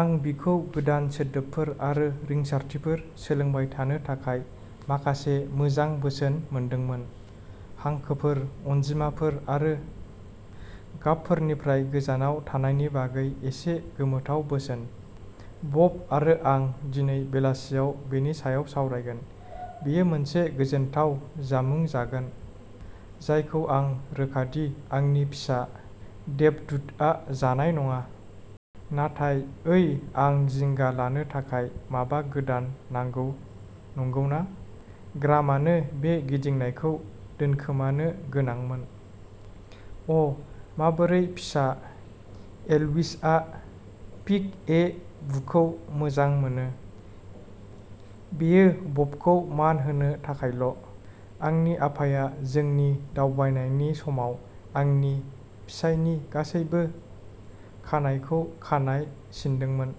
आं बिखौ गोदान सोदोबफोर आरो रिंसारथिफोर सोलोंबाय थानो थाखाय माखासे मोजां बोसोन मोनदोंमोन, हांखोफोर, अनजिमाफोर आरो गाबफोरनिफ्राय गोजानाव थानायनि बागै एसे गोमोथाव बोसोन। बब आरो आं दिनै बेलासियाव बेनि सायाव सावरायगोन। बेयो मोनसे गोजोनथाव जामुं जागोन, जायखौ आं रोखा दि आंनि फिसा देबदुतआ जानाय नङा। नाथाय, ओइ आं जिंगा लानो थाखाय माबा गोदान नांगौ, नंगौना? ग्रामानो बे गिदिंनायखौ दोनखोमानो गोनांमोन। अ, माबोरै फिसा एल्विसआ पिक-ए-बुखौ मोजां मोनो। बेयो बबखौ मान होनो थाखायल'। आंनि आफाया जोंनि दावबायनायनि समाव आंनि फिसायनि गासैबो खानाइखौ खानाइ सिनदोंमोन।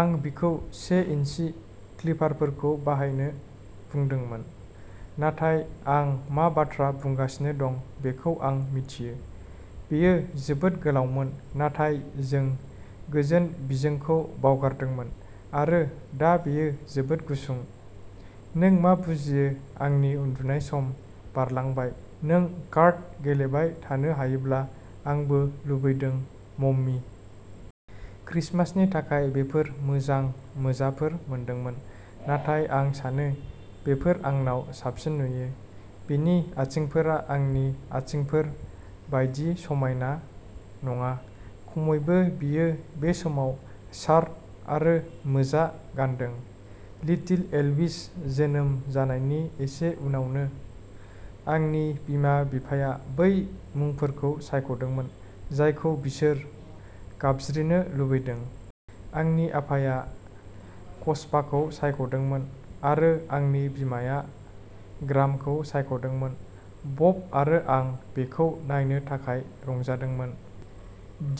आं बिखौ से इन्चि क्लिपारफोरखौ बाहायनो बुंदोंमोन, नाथाय आं मा बाथ्रा बुंगासिनो दं बेखौ आं मिथियो। बेयो जोबोद गोलावमोन, नाथाय जों गोजोन बिजोंखौ बावगारदोंमोन आरो दा बेयो जोबोद गुसुं। नों मा बुजियो आंनि उन्दुनाय सम बारलांबाय नों कार्ड गेलेबाय थानो हायोब्ला, आंबो लुबैदों मम्मी। क्रिसमासनि थाखाय बेफोर मोजां मोजाफोर मोनदोंमोन, नाथाय आं सानो बेफोर आंनाव साबसिन नुयो। बिनि आथिंफोरा आंनि आथिंफोर बायदि समायना नङा खमैबो बियो बे समाव शार्ट आरो मोजा गानदों। लिटिल एल्विस जोनोम जानायनि एसे उनावनो, आंनि बिमा-बिफाया बै मुंफोरखौ सायख'दोंमोन जायखौ बिसोर गाबज्रिनो लुबैदों। आंनि आफाया कचपाखौ सायख'दोंमोन आरो आंनि बिमाया ग्रामखौ सायख'दोंमोन। बब आरो आं बेखौ नायनो थाखाय रंजादोंमोन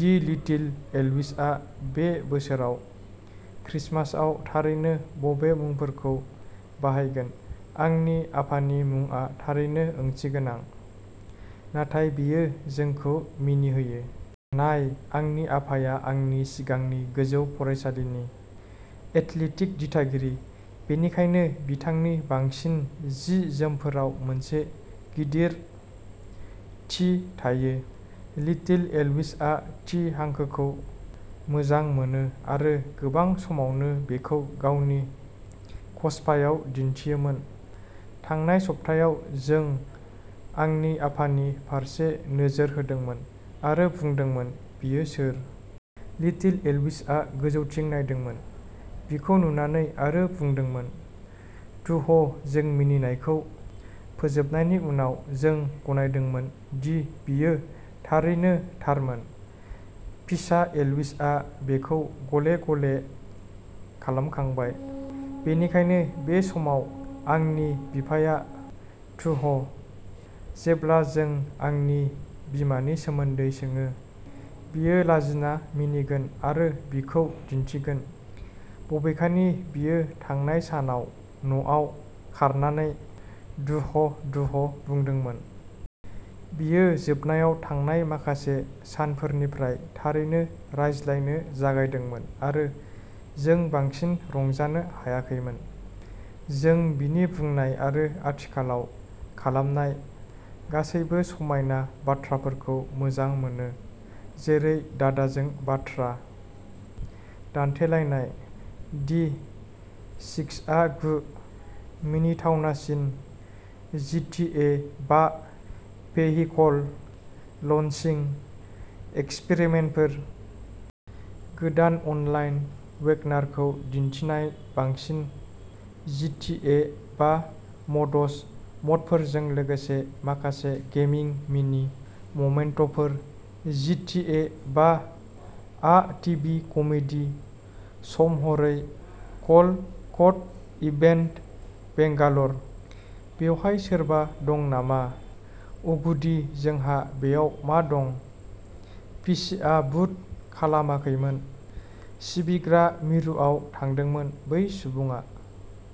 दि लिटिल एल्विसआ बे बोसोराव क्रिसमासआव थारैनो बबे मुंफोरखौ बाहायगोन। आंनि आफानि मुंआ थारैनो ओंथिगोनां, नाथाय बेयो जोंखौ मिनिहोयो। नाय, आंनि आफाया आंनि सिगांनि गोजौ फरायसालिनि एथलेटिक दिथागिरि। बेनिखायनो, बिथांनि बांसिन जि-जोमफोराव मोनसे गिदिर टि थायो। लिटिल एल्विसआ टि हांखोखौ मोजां मोनो आरो गोबां समावनो बेखौ गावनि कचपायाव दिन्थियोमोन। थांनाय सप्तायाव, जों आंनि आफानि फारसे नोजोर होदोंमोन आरो बुंदोंमोन, बियो सोर? लिटिल एल्विसआ गोजौथिं नायदोंमोन। बिखौ नुनानै आरो बुंदोंमोन, तुह जों मिनिनायखौ फोजोबनायनि उनाव, जों गनायदोंमोन दि बियो थारैनो थारमोन। फिसा एल्विसआ बेखौ गले-गले खालामखांबाय। बेनिखायनो बे समाव, आंनि बिफाया तुह। जेब्ला जों आंनि बिमानि सोमोन्दै सोङो, बियो लाजिना मिनिगोन आरो बिखौ दिन्थिगोन, बबेखानि बियो थांनाय सानाव न'आव खारनानै दुह-दुह बुंदोंमोन। बियो जोबनायाव थांनाय माखासे सानफोरनिफ्राय थारैनो रायज्लायनो जागायदोंमोन आरो जों बांसिन रंजानो हायाखैमोन। जों बिनि बुंनाय आरो आथिखालाव खालामनाय गासैबो समायना बाथ्राफोरखौ मोजां मोनो जेरै दादाजों बाथ्रा दान्थेलायनाय दि सिक्सआ गु। मिनिथावसिन जिटिए बा भेहिकल लन्चिं एक्सपेरिमेन्टफोर! गोदान अनलाइन वेगनारखौ दिन्थिनाय बांसिन जिटिए बा मड्स मडफोरजों लोगोसे माखासे गेमिं मिनि मोमेन्टफोर जिटिए बा आ टिभि कमेडि श'महरै कल क'ड इभेन्ट, बेंगालर। बेवहाय सोरबा दं नामा? अ'गुडी जोंहा बेयाव मा दं? पिसिआ बुट खालामाखैमोन। सिबिग्रा मिरुआव थांदोंमोन बै सुबुङा।